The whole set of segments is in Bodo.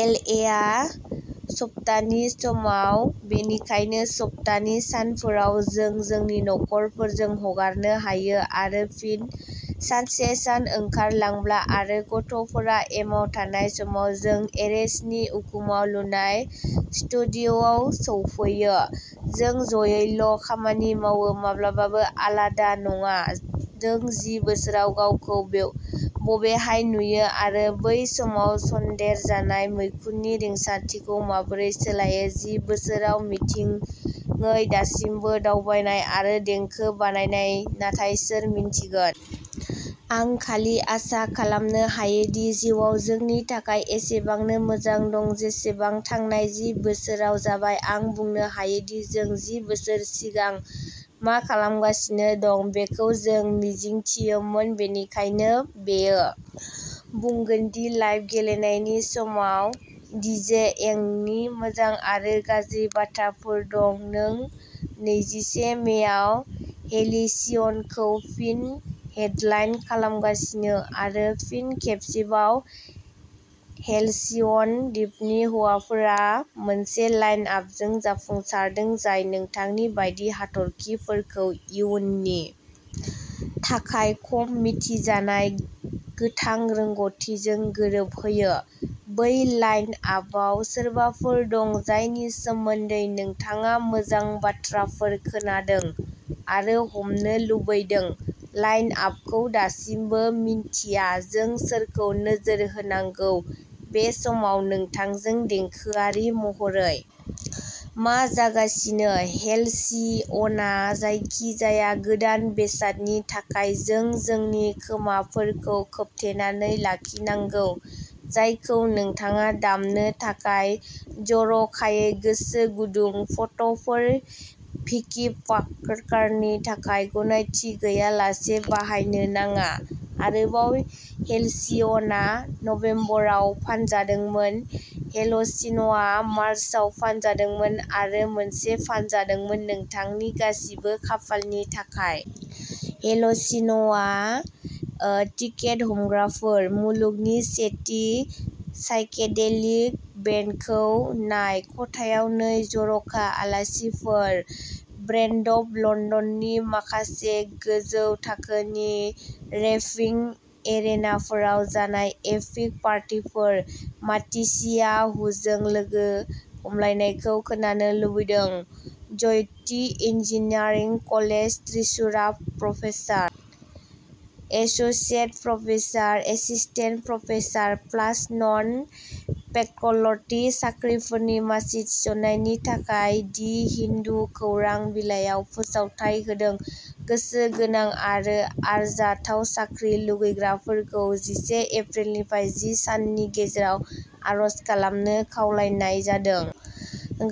एल ए आ सप्तानि समाव बेनिखायनो सप्तानि सानफोराव जों जोंनि नखरफोरजों हगारनो हायो आरो फिन सानसे सान ओंखारलांब्ला आरो गथ'फोरा एमाव थानाय समाव जों एरेजनि उखुमाव लुनाय स्टुडिय'आव सौफैयो जों जयैल खामानि मावो माब्लाबाबो आलादा नङा नों जि बोसोराव गावखौ बबेहाय नुयो आरो बै समाव सन्देरजानाय मैखुननि रिंसारथिखौ माबोरै सोलायो जि बोसोराव मिजिंथियो दासिमबो दावबायनाय आरो देंखो बानायनाय नाथाय सोर मिन्थिगोन! आं खालि आसा खालामनो हायो दि जिउआ जोंनि थाखाय एसेबांनो मोजां दं जेसेबां थांनाय जि बोसोराव जाबाय आं बुंनो हाया दि जों जि बोसोर सिगां मा खालामगासिनो दं बेखौ जों मिजिंथियोमोन बेनिखायनो बेयो बुंगोन दि लाइभ गेलेनायनि सायाव डीजेइंगनि मोजां आरो गाज्रि बाथ्राफोर दं नों नैजिसे मेआव हेलसिअनखौ फिन हेडलाइन खालामगासिनो आरो फिन खेबसेबाव हेलसिअन दिपनि हौवाफोरा मोनसे लाइन आपजों जाफुंसारदों जाय नोंथांनि बायदि हाथरखिफोरखौ इयुननि थाखाय खम मिथिजानाय गोथां रोंग'थिजों गोरोबहोयो बै लाइन आपआव सोरबाफोर दं जायनि सोमोन्दै नोंथाङा मोजां बाथ्राफोर खोनादों आरो हमनो लुबैदों लाइन आपखौ दासिमबो मिन्थिया जों सोरखौ नोजोर होनांगौ बे समाव नोंथांजों देंखोआरि महरै मा जागासिनो हेलसिअनआव जायखिजाया गोदान बेसादनि थाखाय जों जोंनि खोमाफोरखौ खोबथेनानै लाखिनांगौ जायखौ नोंथाङा दामनो थाखाय जर'खायै गोसो गुदुं फट'फोर भिकि पार्कारनि थाखाय गनायथि गैयालासे बाहायनो नाङा आरोबाव हेलसिअनआ नबेम्बराव फानजादोंमोन हेलसिअनआ मार्चआव फानजादोंमोन आरोबाव मोनसे फानजादोंमोन नोंथांनि गासिबो खाफालनि थाखाय! हेलसिअन टिकेट हमग्राफोर! मुलुगनि से थि साइकेडेलिक बेन्डखौ नाय खथायाव नै जर'खा आलासिफोर ब्रेन्ड्रप लन्दननि माखासे गोजौ थाखोनि रेभिं एरेनाफोराव जानाय एपिक पार्टीफोर माटिसियाहुजों लोगो हमलायनायखौ खोनानो लुबैदों ज्य'थि इन्जिनियारिं कलेज थ्रिसुरा professor associate professor assistant professor plus non faculty साख्रिफोरनि मासि थिसननायनि थाखाय दि हिन्दु खौरां बिलाइयाव फोसावथाइ होदों गोसो गोनां आरो आरजाथाव साख्रि लुबैग्राफोरखौ जिसे एप्रिल निफ्राय जि साननि गेजेराव आर'ज खालामनो खावलायनाय जादों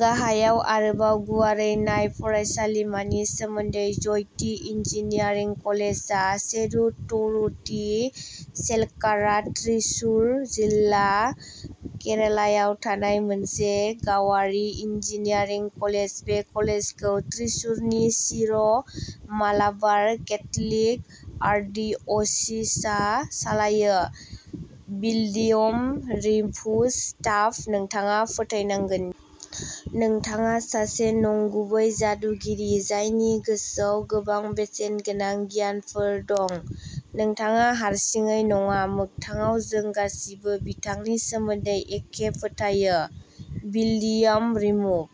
गाहायाव आरोबाव गुवारै नाय फरायसालिमानि सोमोन्दै ज्य'ति इन्जिनियारिं कलेजआ चेरुतुरुथि चेलक्कारा थ्रिसुर जिल्ला केरालायाव थानाय मोनसे गावारि इन्जिनियारिं कलेज बे कलेजखौ थ्रिसुरनि सिर' मालाबार केथ'लिक आर्कडिअसिसआ सालायो बिल्डियम रिमुभ स्टाफ नोंथाङा फोथायनांगोन दि नोंथाङा सासे नंगुबै जादुगिरि जायनि गोसोआव गोबां बेसेनगोनां गियानफोर दं नोंथाङा हारसिङै नङा मोगथाङाव जों गासैबो बिथांनि सोमोन्दै एखे फोथायो बिल्डियम रिमुभ